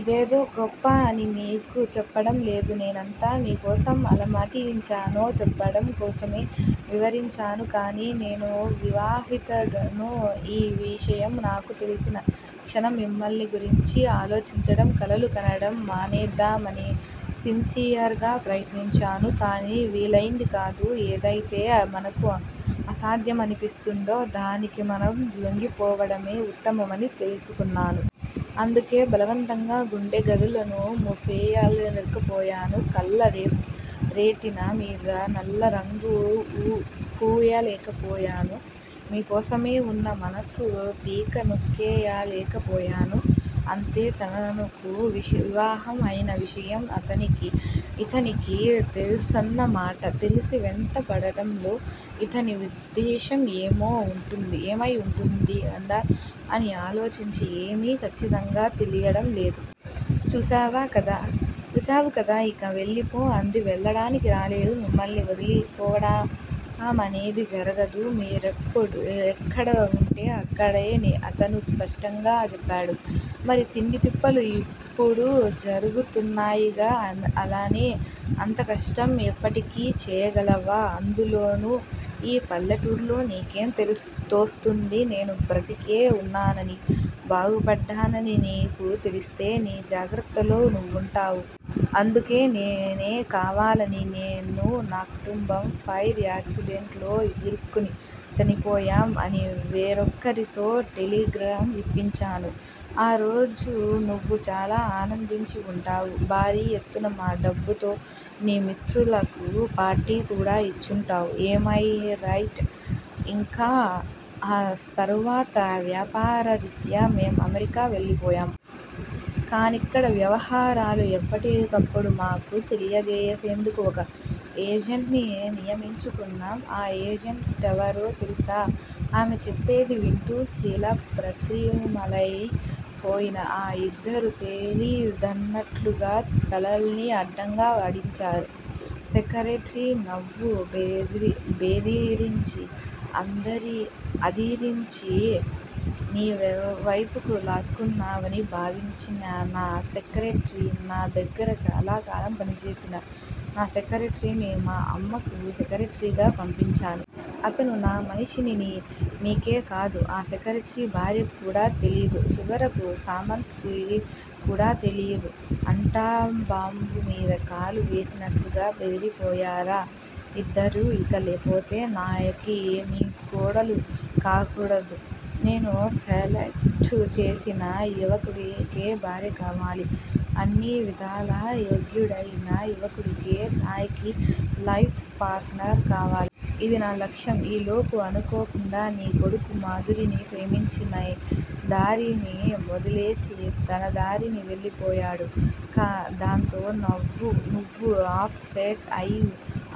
ఇదేదో గొప్ప అని మీకు చెప్పడం లేదు నేనెంతగా మీకోసం అలమటించానో చెప్పడం కోసమే వివరించాను కానీ నేను వివాహితను ఈ విషయం నాకు తెలిసిన క్షణం మిమ్మల్ని గురించి ఆలోచించడం, కలలు కనడం మానేద్దామని సిన్సియర్ గా ప్రయత్నించాను కానీ వీలయింది కాదు. ఏదయితే మనకు అసాధ్యమనిపిస్తుందో దానికి మనం లొంగిపోవడమే ఉత్తమమని తెలుసుకున్నాను. అందుకే బలవంతంగా గుండె గదులను మూసెయ్యలేకపోయాను. కళ్ళ రెటీనామీద నల్లరంగు పూయలేకపోయాను. మీకోసమే వున్న మనసు పీక నొక్కేయలేక పోయాను అంతే తనకు వివాహం అయిన విషయం ఇతనికి తెలుసన్న మాట. తెలిసీ వెంట పడడంలో ఇతని ఉద్దేశ్యం ఏమై ఉంటుందా అని ఆలోచించింది. ఏమీ ఖచ్చితంగా తెలియడం లేదు. చూశావు కదా! ఇక వెళ్ళిపో అంది. వెళ్ళడానికి రాలేదు. మిమ్మల్ని వదిలిపోవడమనేది జరగదు! మీరెక్కడ వుంటే అక్కడే అతను స్పష్టంగా చెప్పాడు. మరి తిండీ తిప్పలు? ఇప్పుడు జరుగుతున్నాయిగా అలానే అంత కష్టం ఎప్పటికీ చేయగలవా అందులోనూ ఈ పల్లెటూర్లో నీకేం తోస్తుంది? నేను బ్రతికే ఉన్నానని, బాగుపడ్డానని నీకు తెలిస్తే నీ జాగ్రత్తలో నువ్వుంటావు. అందుకే నేనే కావాలని-నేను నా కుటుంబం ఫైర్ యాక్సిడెంట్ లో ఇరుక్కుని చనిపోయాం అని వేరొకరితో టెలిగ్రామ్ ఇప్పించాను. ఆరోజు నువ్వు చాలా ఆనందించి ఉంటావు. భారీ ఎత్తున మా డబ్బుతో నీ మిత్రులకు పార్టీకూడా ఇచ్చుంటావ్. ఏమైరైట్? ఇంకా ఆ తరువాత వ్యాపారరీత్యా మేం అమెరికా వెళ్ళిపోయాం. కానిక్కడ వ్యవహారాలు ఎప్పటికప్పుడు మాకు తెలియజేసేందుకు ఒక ఏజెంట్ ని నియమించుకున్నాం. ఆ ఏజెంటెవరో తెలుసా? ఆమె చెప్పేది వింటూ శిలాప్రతిమలయి పోయిన ఆ ఇద్దరూ తెలీదన్నట్లుగా తలల్ని అడ్డంగా ఆడించారు. సెక్రటరీ నువ్వు బెదిరించి, అదిరించి నీవైపుకు లాక్కున్నావని భావించిన నా సెక్రెటరీ. నా దగ్గర చాలాకాలం పనిచేసిన నా సెక్రెటరీని మా అమ్మకు సెక్రటరీగా పంపించాను. అతను నా మనిషని మీకే కాదు ఆ సెక్రటరీ భార్యకు కూడా తెలీదు. చివరకు సామంత్ కి కూడా తెలీదు ఆటంబాంబు మీద కాలు వేసినట్లుగా బెదిరిపోయారా యిద్దరూ. ఇకపోతే నాయకి నీ కోడలు కాకూడదు. నేను సెలెక్టు చేసిన యువకుడికే భార్య కావాలి. అన్ని విధాల యోగ్యుడయిన యువకుడికే నాయకి లైఫ్ పార్టనర్ కావాలి. ఇది నా లక్ష్యం. ఈలోపు అనుకోకుండా నీ కొడుకు మాధురిని ప్రేమించి నీ దారిని వదిలేసి తనదారిన వెళ్ళిపోయాడు. దాంతో నువ్వు అప్ సెట్ అయి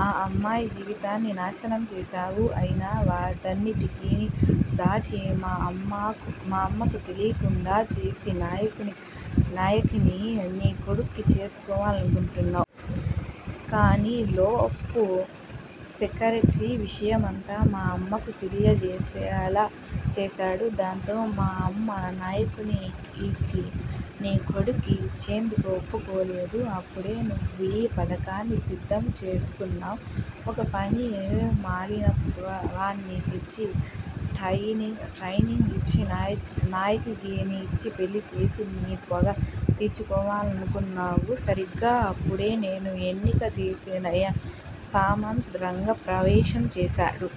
ఆ అమ్మాయి జీవితాన్ని నాశనం చేసావు. అయినా వాటన్నింటిని దాచి, మా అమ్మకు తెలీకుండా చేసి నాయకిని నీ కొడుక్కి చేసుకోవాలనుకున్నావు. కానీలోపు సెక్రటరీ విషయమంతా మా అమ్మకు తెలిసేలా చేసాడు. దాంతో మా అమ్మ నాయకిని నీ కొడుక్కి ఇచ్చేందుకు ఒప్పుకోలేదు. అప్పుడే నువ్వో పథకాన్ని సిద్ధం చేసుకున్నావు. ఒక పనికి మాలినవాడ్ని తెచ్చి ట్రైనింగ్ ఇచ్చి నాయకినిచ్చి పెళ్ళి చేసి నీ పగ తీర్చుకోవాలనుకున్నావు. సరీగ్గా అప్పుడే నేను ఎన్నిక చేసిన సామంత్ రంగప్రవేశం చేశాడు.